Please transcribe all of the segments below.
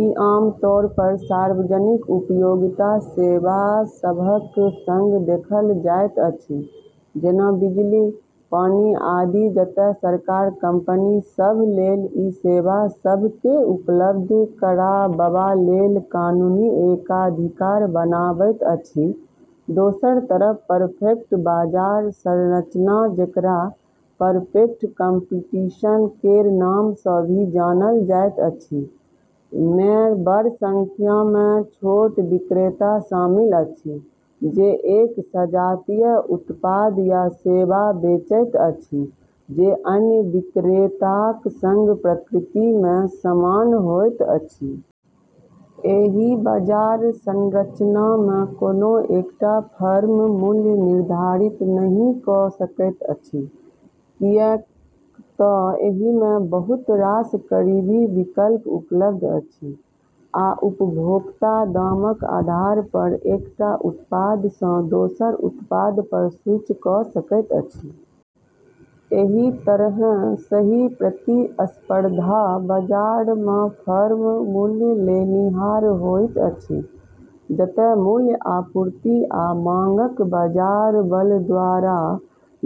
ई आमतौर पर सार्वजनिक उपयोगिता सेवा सभक सँग देखल जाइत अछि, जेना बिजली, पानी आदि जतए सरकार कंपनी सभ लेल ई सेवा सभ केँ उपलब्ध कराबबा लेल कानूनी एकाधिकार बनावैत अछि। दोसर तरफ, परफेक्ट बाजार संरचना जेकरा "परफेक्ट कम्पटीशन" केर नाम सँ भी जानल जाइत अछि, मे बड़ संख्या मे छोट विक्रेता शामिल अछि जे एक सजातीय उत्पाद या सेवा बेचैत अछि जे अन्य विक्रेताक सँग प्रकृति मे समान होइत अछि। एहि बाजार संरचना मे कोनो एकटा फर्म मूल्य निर्धारित नहि कऽ सकैत अछि, किएक तँ एहि मे बहुत रास करीबी विकल्प उपलब्ध अछि, आ उपभोक्ता दामक आधार पर एकटा उत्पाद सँ दोसर उत्पाद पर स्विच कऽ सकैत अछि। एहि तरहें, सही प्रतिस्पर्धा बाजार मे फर्म "मूल्य लेनिहार" होइत अछि, जतए मूल्य आपूर्ति आ मांगक बाजार बल द्वारा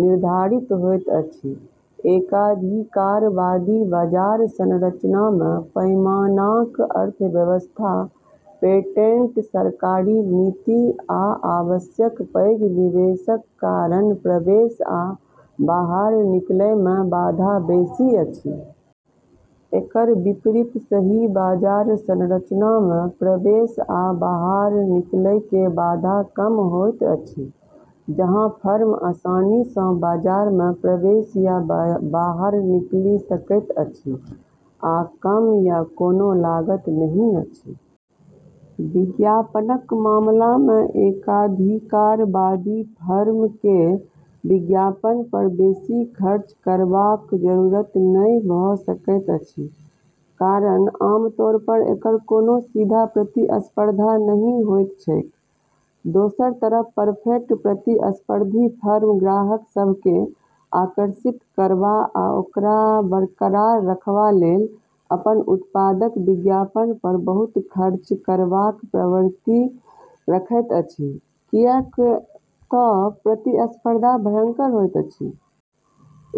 निर्धारित होइत अछि। एकाधिकारवादी बाजार संरचना मे, पैमानाक अर्थव्यवस्था, पेटेंट, सरकारी नीति, आ आवश्यक पैघ निवेशक कारण प्रवेश आ बाहर निकलै मे बाधा बेसि अछि। एकर विपरीत, सही बाजार संरचना मे प्रवेश आ बाहर निकलै के बाधा कम होइत अछि, जहाँ फर्म आसानी सँ बाजार मे प्रवेश या बाहर निकली सकैत अछि आ कम या कोनो लागत नहि अछि। विज्ञापनक मामला मे एकाधिकारवादी फर्म केँ विज्ञापन पर बेसी खर्च करबाक जरूरत नहि भऽ सकैत अछि, कारण आमतौर पर एकर कोनो सीधा प्रतिस्पर्धा नहि होइत छैक। दोसर तरफ परफेक्ट प्रतिस्पर्धी फर्म ग्राहक सभ केँ आकर्षित करबा आ ओकरा बरकरार रखबा लेल अपन उत्पादक विज्ञापन पर बहुत खर्च करबाक प्रवृत्ति रखैत अछि, किएक तँ प्रतिस्पर्धा भयंकर होइत अछि।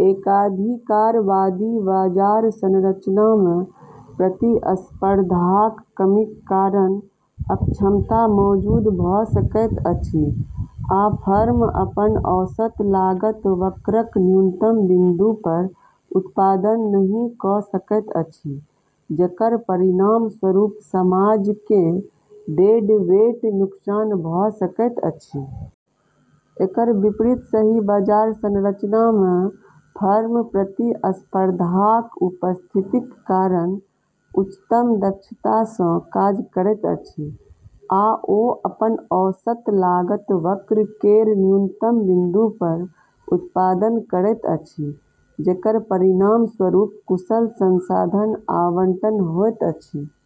एकाधिकारवादी बाजार संरचना मे प्रतिस्पर्धाक कमीक कारण अक्षमता मौजूद भऽ सकैत अछि आ फर्म अपन औसत लागत वक्रक न्यूनतम बिंदु पर उत्पादन नहि कऽ सकैत अछि, जेकर परिणामस्वरूप समाज केँ डेडवेट नुकसान भऽ सकैत अछि। एकर विपरीत, सही बाजार संरचना मे फर्म प्रतिस्पर्धाक उपस्थितिक कारण उच्चतम दक्षता सँ काज करैत अछि, आ ओ अपन औसत लागत वक्र केर न्यूनतम बिंदु पर उत्पादन करैत अछि, जेकर परिणामस्वरूप कुशल संसाधन आवंटन होइत अछि।